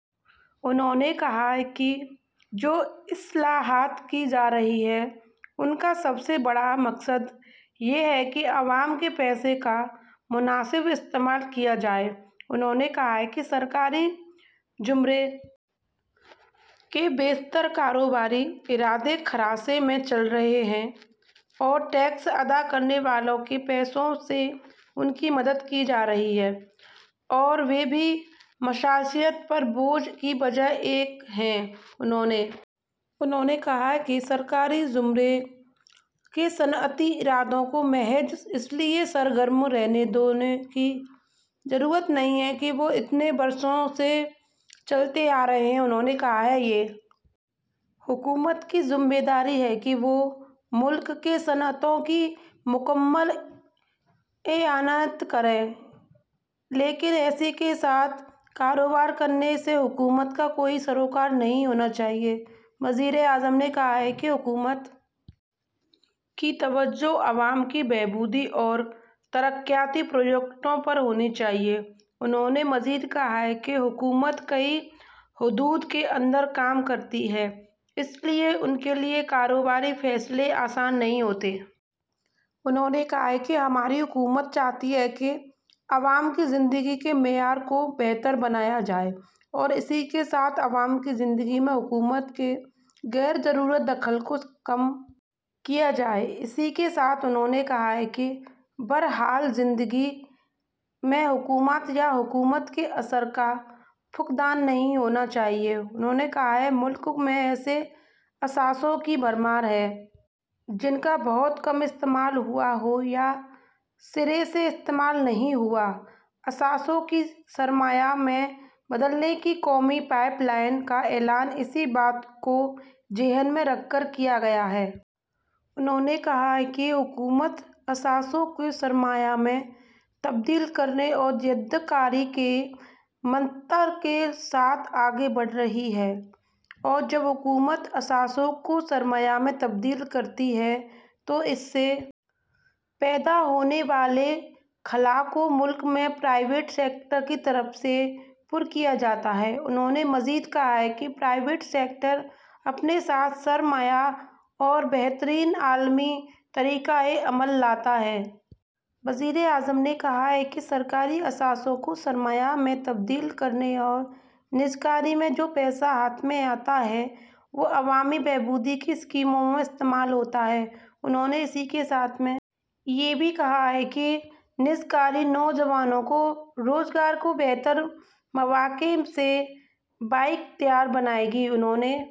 انہوں نے کہا کہ جو اصلاحات کی جا رہی ہیں ان کا سب سے بڑا مقصد یہ ہے کہ عوام کے پیسے کا مناسب استعمال کیا جائے انہوں نے کہا کہ سرکاری زمرے کے بیشتر کاروباری ادارے خسارے میں چل رہے ہیں اور ٹیکس دہندگان کے پیسوں سے ان کی مدد کی جا رہی ہے اور یہ بھی معیشت پر بوجھ کی ایک وجہ ہے انہوں نے کہا کہ سرکاری زمرے کے صنعتی اداروں کو محض اس لیے سرگرم رہنے دینے کی ضرورت نہیں ہے کہ وہ اتنے برسوں سے چلتے آ رہے ہیں انہوں نے کہا کہ یہ حکومت کی ذمہ داری ہے کہ وہ ملک میں صنعتوں کی مکمل اعانت کرے لیکن اسی کے ساتھ کاروبار کرنے سے حکومت کا کوئی سروکار نہیں ہونا چاہیے وزیراعظم نے کہا کہ حکومت کی توجہ عوام کی بہبود اور ترقیاتی پروجیکٹوں پر ہونی چاہیے انہوں نے مزید کہا کہ حکومت کئی حدوں کے اندر کام کرتی ہے اس لیے اس کے لیے کاروباری فیصلے آسان نہیں انہوں نے کہا کہ ہماری حکومت چاہتی ہے کہ عوام کی زندگی کے معیار کو بہتر بنایا جائے اور اسی کے ساتھ عوام کی زندگی میں حکومت کے غیر ضروری دخل کو کم کیا جائے اسی کے ساتھ انہوں نے کہا کہ بہرحال زندگی میں حکومت یا حکومت کے اثر کا فقدان نہیں ہونا چاہیے انہوں نے کہا کہ ملک میں ایسے اثاثوں کی بھرمار ہے جن کا بہت کم استعمال ہوا یا سرے سے استعمال نہیں ہوا اثاثوں کو سرمایہ میں بدلنے کے قومی پائپ لائن کا اعلان اسی بات کو ذہن میں رکھ کر کیا گیا ہے انہوں نے کہا کہ حکومت اثاثوں کو سرمایہ میں بدلنے اور جدت کاری کے منتر کے ساتھ آگے بڑھ رہی ہے اور جب حکومت اثاثوں کو سرمایہ میں بدلتی ہے تو اس سے پیدا ہونے والے خلا کو ملک میں پرائیویٹ سیکٹر کی طرف سے پر کیا جاتا ہے انہوں نے مزید کہا کہ پرائیویٹ سیکٹر اپنے ساتھ سرمایہ اور بہترین عالمی طریقہ عمل لاتا ہے وزیراعظم نے کہا کہ سرکاری اثاثوں کو سرمایہ میں بدلنے اور نجکاری سے جو پیسہ ہاتھ میں آتا ہے وہ عوامی بہبود کی اسکیموں میں استعمال ہوتا ہے انہوں نے اسی کے ساتھ یہ بھی کہا کہ نجکاری نوجوانوں کو روزگار کے بہتر مواقع سے بااختیار بنائے گی انہوں